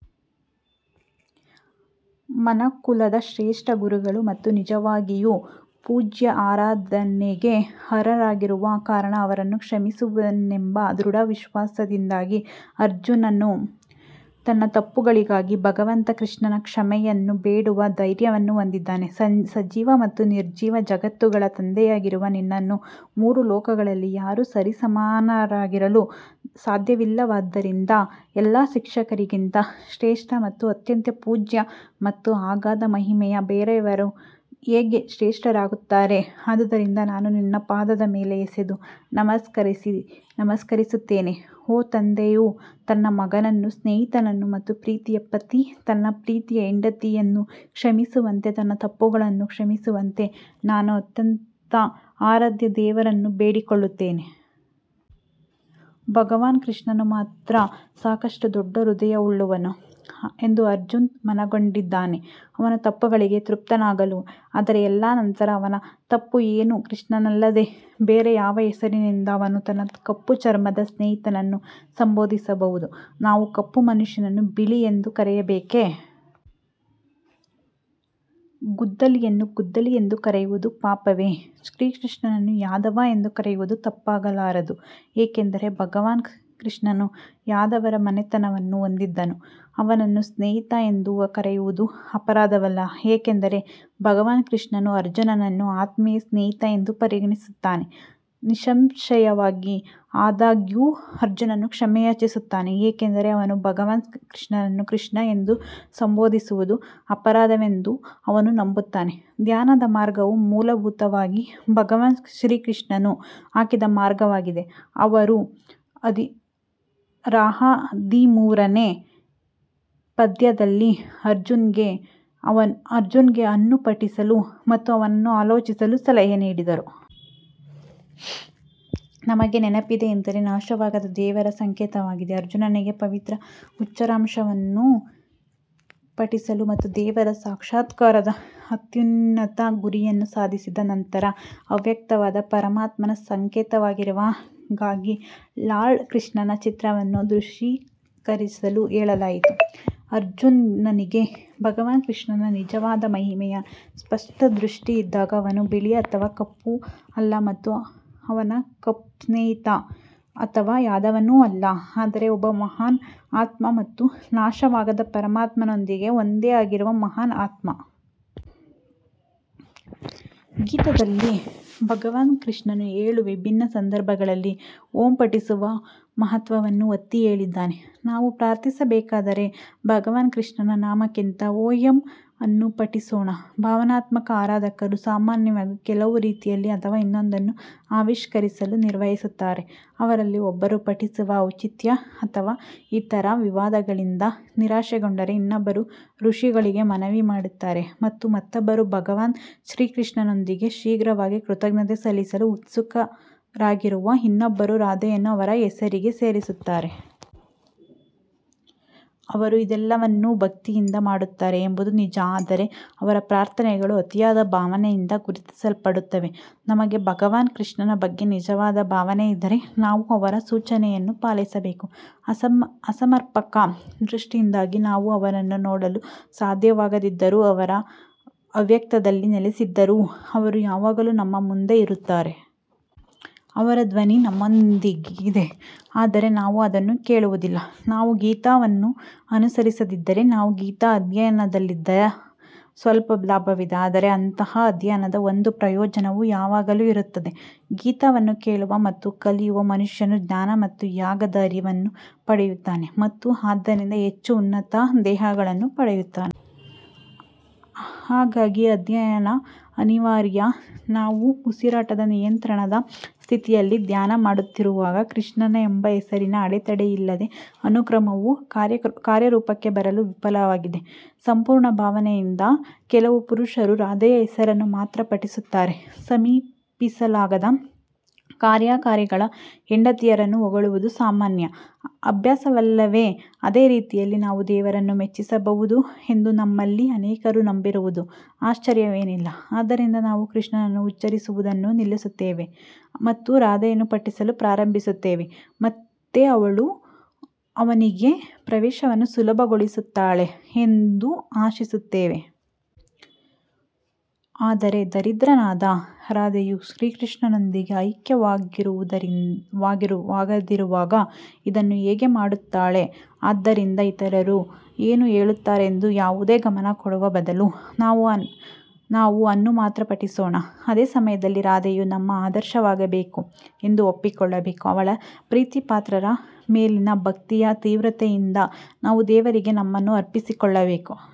ಮನುಕುಲದ ಶ್ರೇಷ್ಠ ಗುರುಗಳು ಮತ್ತು ನಿಜವಾಗಿಯೂ ಪೂಜ್ಯ ಆರಾಧನೆಗೆ ಅರ್ಹರಾಗಿರುವ ಕಾರಣ ಅವರನ್ನು ಕ್ಷಮಿಸುವೆನೆಂಬ ದೃಢ ವಿಶ್ವಾಸದಿಂದಾಗಿ ಅರ್ಜುನನು ತನ್ನ ತಪ್ಪುಗಳಿಗಾಗಿ ಭಗವಂತ ಕೃಷ್ಣನ ಕ್ಷಮೆಯನ್ನು ಬೇಡುವ ಧೈರ್ಯವನ್ನು ಹೊಂದಿದ್ದಾನೆ. ಸಜೀವ ಮತ್ತು ನಿರ್ಜೀವ ಜಗತ್ತುಗಳ ತಂದೆಯಾಗಿರುವ ನಿನ್ನನ್ನು ಮೂರು ಲೋಕಗಳಲ್ಲಿ ಯಾರೂ ಸರಿಸಮನಾಗಿರಲು ಸಾಧ್ಯವಿಲ್ಲವಾದ್ದರಿಂದ, ಎಲ್ಲ ಶಿಕ್ಷಕರಿಗಿಂತ ಶ್ರೇಷ್ಠ ಮತ್ತು ಅತ್ಯಂತ ಪೂಜ್ಯ ಮತ್ತು ಅಗಾಧ ಮಹಿಮೆಯು ಬೇರೆಯವರು ಹೇಗೆ ಶ್ರೇಷ್ಠರಾಗುತ್ತಾರೆ ಆದುದರಿಂದ ನಾನು ನಿನ್ನ ಪಾದದ ಮೇಲೆ ಎಸೆದು ನಮಸ್ಕರಿಸಿ ನಮಸ್ಕರಿಸುತ್ತೇನೆ, ಓ ತಂದೆಯು ತನ್ನ ಮಗನನ್ನು ಸ್ನೇಹಿತನನ್ನು ಮತ್ತು ಪ್ರೀತಿಯ ಪತಿ ತನ್ನ ಪ್ರೀತಿಯ ಹೆಂಡತಿಯನ್ನು ಕ್ಷಮಿಸುವಂತೆ ನನ್ನ ತಪ್ಪುಗಳನ್ನು ಕ್ಷಮಿಸುವಂತೆ ನಾನು ಅತ್ಯಂತ ಆರಾಧ್ಯ ದೇವರನ್ನು ಬೇಡಿಕೊಳ್ಳುತ್ತೇನೆ. ಭಗವಾನ್ ಕೃಷ್ಣನು ಮಾತ್ರ ಸಾಕಷ್ಟು ದೊಡ್ಡ ಹೃದಯವುಳ್ಳವನು ಎಂದು ಅರ್ಜುನ್ ಮನಗಂಡಿದ್ದಾನೆ ಅವನ ತಪ್ಪುಗಳಿಗೆ ತೃಪ್ತನಾಗಲು ಆದರೆ ಎಲ್ಲಾ ನಂತರ ಅವನ ತಪ್ಪು ಏನು ಕೃಷ್ಣನಲ್ಲದೆ ಬೇರೆ ಯಾವ ಹೆಸರಿನಿಂದ ಅವನು ತನ್ನ ಕಪ್ಪು ಚರ್ಮದ ಸ್ನೇಹಿತನನ್ನು ಸಂಬೋಧಿಸಬಹುದು ನಾವು ಕಪ್ಪು ಮನುಷ್ಯನನ್ನು ಬಿಳಿ ಎಂದು ಕರೆಯಬೇಕೇ? ಗುದ್ದಲಿಯನ್ನು ಗುದ್ದಲಿ ಎಂದು ಕರೆಯುವುದು ಪಾಪವೇ ಶ್ರೀಕೃಷ್ಣನನ್ನು ಯಾದವ ಎಂದು ಕರೆಯುವುದು ತಪ್ಪಾಗಲಾರದು ಏಕೆಂದರೆ ಭಗವಾನ್ ಕೃಷ್ಣನು ಯಾದವರ ಮನೆತನವನ್ನು ಹೊಂದಿದ್ದನು. ಅವನನ್ನು ಸ್ನೇಹಿತ ಎಂದು ಕರೆಯುವುದು ಅಪರಾಧವಲ್ಲ ಏಕೆಂದರೆ ಭಗವಾನ್ ಕೃಷ್ಣನು ಅರ್ಜುನನನ್ನು ಆತ್ಮೀಯ ಸ್ನೇಹಿತ ಎಂದು ಪರಿಗಣಿಸುತ್ತಾನೆ. ನಿಸ್ಸಂಶಯವಾಗಿ ಆದಾಗ್ಯೂ ಅರ್ಜುನನು ಕ್ಷಮೆಯಾಚಿಸುತ್ತಾನೆ ಏಕೆಂದರೆ ಅವನು ಭಗವಾನ್ ಕೃಷ್ಣನನ್ನು ಕೃಷ್ಣ ಎಂದು ಸಂಬೋಧಿಸುವುದು ಅಪರಾಧವೆಂದು ಅವನು ನಂಬುತ್ತಾನೆ ಧ್ಯಾನದ ಮಾರ್ಗವು ಮೂಲಭೂತವಾಗಿ ಭಗವಾನ್ ಶ್ರೀಕೃಷ್ಣನು ಹಾಕಿದ ಮಾರ್ಗವಾಗಿದೆ ಅವರು ರ ಹದಿಮೂರನೇ ಪದ್ಯದಲ್ಲಿ ಅರ್ಜುನ್ಗೆ ಅನ್ನು ಪಠಿಸಲು ಮತ್ತು ಅವನನ್ನು ಆಲೋಚಿಸಲು ಸಲಹೆ ನೀಡಿದರು. ನಮಗೆ ನೆನಪಿದೆ ಎಂದರೆ ನಾಶವಾಗದ ದೇವರ ಸಂಕೇತವಾಗಿದೆ ಅರ್ಜುನನಿಗೆ ಪವಿತ್ರ ಉಚ್ಚಾರಾಂಶವನ್ನು ಪಠಿಸಲು ಮತ್ತು ದೇವರ ಸಾಕ್ಷಾತ್ಕಾರದ ಅತ್ಯುನ್ನತ ಗುರಿಯನ್ನು ಸಾಧಿಸಿದ ನಂತರ ಅವ್ಯಕ್ತವಾದ ಪರಮಾತ್ಮನ ಸಂಕೇತವಾಗಿರುವ ಗಾಗಿ ಲಾರ್ಡ್ ಕೃಷ್ಣನ ಚಿತ್ರವನ್ನು ದೃಶ್ಯೀಕರಿಸಲು ಹೇಳಲಾಯಿತು. ಅರ್ಜುನನಿಗೆ ಭಗವಾನ್ ಕೃಷ್ಣನ ನಿಜವಾದ ಮಹಿಮೆಯ ಸ್ಪಷ್ಟ ದೃಷ್ಟಿ ಇದ್ದಾಗ ಅವನು ಬಿಳಿ ಅಥವಾ ಕಪ್ಪು ಅಲ್ಲ ಮತ್ತು ಅವನು ಸ್ನೇಹಿತ ಅಥವಾ ಯಾದವನೂ ಅಲ್ಲ, ಆದರೆ ಒಬ್ಬ ಮಹಾನ್ ಆತ್ಮ ಮತ್ತು ನಾಶವಾಗದ ಪರಮಾತ್ಮನೊಂದಿಗೆ ಒಂದೇ ಆಗಿರುವ ಮಹಾನ್ ಆತ್ಮ. ಗೀತಾದಲ್ಲಿ ಭಗವಾನ್ ಕೃಷ್ಣನು ಏಳು ವಿಭಿನ್ನ ಸಂದರ್ಭಗಳಲ್ಲಿ ಓಂ ಪಠಿಸುವ ಮಹತ್ವವನ್ನು ಒತ್ತಿಹೇಳಿದ್ದಾನೆ. ನಾವು ಪ್ರಾರ್ಥಿಸಬೇಕಾದರೆ ಭಗವಾನ್ ಕೃಷ್ಣನ ನಾಮಕ್ಕಿಂತ ಓಎಂ ಅನ್ನು ಪಠಿಸೋಣ ಭಾವನಾತ್ಮಕ ಆರಾಧಕರು ಸಾಮಾನ್ಯವಾಗಿ ಕೆಲವು ರೀತಿಯಲ್ಲಿ ಅಥವಾ ಇನ್ನೊಂದನ್ನು ಆವಿಷ್ಕರಿಸಲು ನಿರ್ವಹಿಸುತ್ತಾರೆ ಅವರಲ್ಲಿ ಒಬ್ಬರು ಪಠಿಸುವ ಔಚಿತ್ಯ ಅಥವಾ ಇತರ ವಿವಾದಗಳಿಂದ ನಿರಾಶೆಗೊಂಡರೆ, ಇನ್ನೊಬ್ಬರು ಋಷಿಗಳಿಗೆ ಮನವಿ ಮಾಡುತ್ತಾರೆ ಮತ್ತು ಮತ್ತೊಬ್ಬರು ಭಗವಾನ್ ಶ್ರೀಕೃಷ್ಣನೊಂದಿಗೆ ಶೀಘ್ರವಾಗಿ ಕೃತಜ್ಞತೆ ಸಲ್ಲಿಸಲು ಉತ್ಸುಕರಾಗಿರುವ ಇನ್ನೊಬ್ಬರು ರಾಧೆಯನ್ನು ಅವರ ಹೆಸರಿಗೆ ಸೇರಿಸುತ್ತಾರೆ. ಅವರು ಇದೆಲ್ಲವನ್ನೂ ಭಕ್ತಿಯಿಂದ ಮಾಡುತ್ತಾರೆ ಎಂಬುದು ನಿಜ ಆದರೆ ಅವರ ಪ್ರಾರ್ಥನೆಗಳು ಅತಿಯಾದ ಭಾವನೆಯಿಂದ ಗುರುತಿಸಲ್ಪಡುತ್ತವೆ ನಮಗೆ ಭಗವಾನ್ ಕೃಷ್ಣನ ಬಗ್ಗೆ ನಿಜವಾದ ಭಾವನೆ ಇದ್ದರೆ ನಾವು ಅವರ ಸೂಚನೆಯನ್ನು ಪಾಲಿಸಬೇಕು ಅಸಮರ್ಪಕ ದೃಷ್ಟಿಯಿಂದಾಗಿ ನಾವು ಅವನನ್ನು ನೋಡಲು ಸಾಧ್ಯವಾಗದಿದ್ದರೂ ಅವರು ಅವ್ಯಕ್ತದಲ್ಲಿ ನೆಲೆಸಿದ್ದರೂ ಅವರು ಯಾವಾಗಲೂ ನಮ್ಮ ಮುಂದೆ ಇರುತ್ತಾರೆ. ಅವರ ಧ್ವನಿ ನಮ್ಮೊಂದಿಗಿದೆ ಆದರೆ ನಾವು ಅದನ್ನು ಕೇಳುವುದಿಲ್ಲ ನಾವು ಗೀತಾವನ್ನು ಅನುಸರಿಸದಿದ್ದರೆ ನಾವು ಗೀತಾ ಅಧ್ಯಯನದಲ್ಲಿ ಸ್ವಲ್ಪ ಲಾಭವಿದೆ, ಆದರೆ ಅಂತಹ ಅಧ್ಯಯನದ ಒಂದು ಪ್ರಯೋಜನವು ಯಾವಾಗಲೂ ಇರುತ್ತದೆ. ಗೀತಾವನ್ನು ಕೇಳುವ ಮತ್ತು ಕಲಿಯುವ ಮನುಷ್ಯನು ಜ್ಞಾನ ಮತ್ತು ಯಾಗದ ಅರಿವನ್ನು ಪಡೆಯುತ್ತಾನೆ ಮತ್ತು ಆದ್ದರಿಂದ ಹೆಚ್ಚು ಉನ್ನತ ದೇಹಗಳನ್ನು ಪಡೆಯುತ್ತಾನೆ. ಹಾಗಾಗಿ ಅಧ್ಯಯನ ಅನಿವಾರ್ಯ ನಾವು ಉಸಿರಾಟದ ನಿಯಂತ್ರಣದ ಸ್ಥಿತಿಯಲ್ಲಿ ಧ್ಯಾನ ಮಾಡುತ್ತಿರುವಾಗ ಕೃಷ್ಣ ಎಂಬ ಹೆಸರಿನ ಅಡೆತಡೆಯಿಲ್ಲದ ಅನುಕ್ರಮವು ಕಾರ್ಯರೂಪಕ್ಕೆ ಬರಲು ವಿಫಲವಾಗಿದೆ. ಸಂಪೂರ್ಣ ಭಾವನೆಯಿಂದ ಕೆಲವು ಪುರುಷರು ರಾಧೆಯ ಹೆಸರನ್ನು ಮಾತ್ರ ಪಠಿಸುತ್ತಾರೆ ಸಮೀಪಿಸಲಾಗದ ಕಾರ್ಯಕಾರಿಗಳ ಹೆಂಡತಿಯರನ್ನು ಹೊಗಳುವುದು ಸಾಮಾನ್ಯ ಅಭ್ಯಾಸವಲ್ಲವೇ ಅದೇ ರೀತಿಯಲ್ಲಿ ನಾವು ದೇವರನ್ನು ಮೆಚ್ಚಿಸಬಹುದು ಎಂದು ನಮ್ಮಲ್ಲಿ ಅನೇಕರು ನಂಬಿರುವುದು ಆಶ್ಚರ್ಯವೇನಿಲ್ಲ ಆದ್ದರಿಂದ ನಾವು ಕೃಷ್ಣನನ್ನು ಉಚ್ಚರಿಸುವುದನ್ನು ನಿಲ್ಲಿಸುತ್ತೇವೆ ಮತ್ತು ರಾಧೆಯನ್ನು ಪಠಿಸಲು ಪ್ರಾರಂಭಿಸುತ್ತೇವೆ ಮತ್ತು ಅವಳು ಅವನಿಗೆ ಪ್ರವೇಶವನ್ನು ಸುಲಭಗೊಳಿಸುತ್ತಾಳೆ ಎಂದು ಆಶಿಸುತ್ತೇವೆ. ಆದರೆ ದರಿದ್ರನಾದ ರಾಧೆಯು ಶ್ರೀಕೃಷ್ಣನೊಂದಿಗೆ ಐಕ್ಯವಾಗದಿರುವಾಗ ಇದನ್ನು ಹೇಗೆ ಮಾಡುತ್ತಾಳೆ ಆದ್ದರಿಂದ ಇತರರು ಏನು ಹೇಳುತ್ತಾರೆಂದು ಯಾವುದೇ ಗಮನ ಕೊಡುವ ಬದಲು ನಾವು ಅನ್ನು ಮಾತ್ರ ಪಠಿಸೋಣ ಅದೇ ಸಮಯದಲ್ಲಿ ರಾಧೆಯು ನಮ್ಮ ಆದರ್ಶವಾಗಬೇಕು ಎಂದು ಒಪ್ಪಿಕೊಳ್ಳಬೇಕು, ಅವಳ ಪ್ರೀತಿಪಾತ್ರರ ಮೇಲಿನ ಭಕ್ತಿಯ ತೀವ್ರತೆಯಿಂದ ನಾವು ದೇವರಿಗೆ ನಮ್ಮನ್ನು ಅರ್ಪಿಸಿಕೊಳ್ಳಬೇಕು.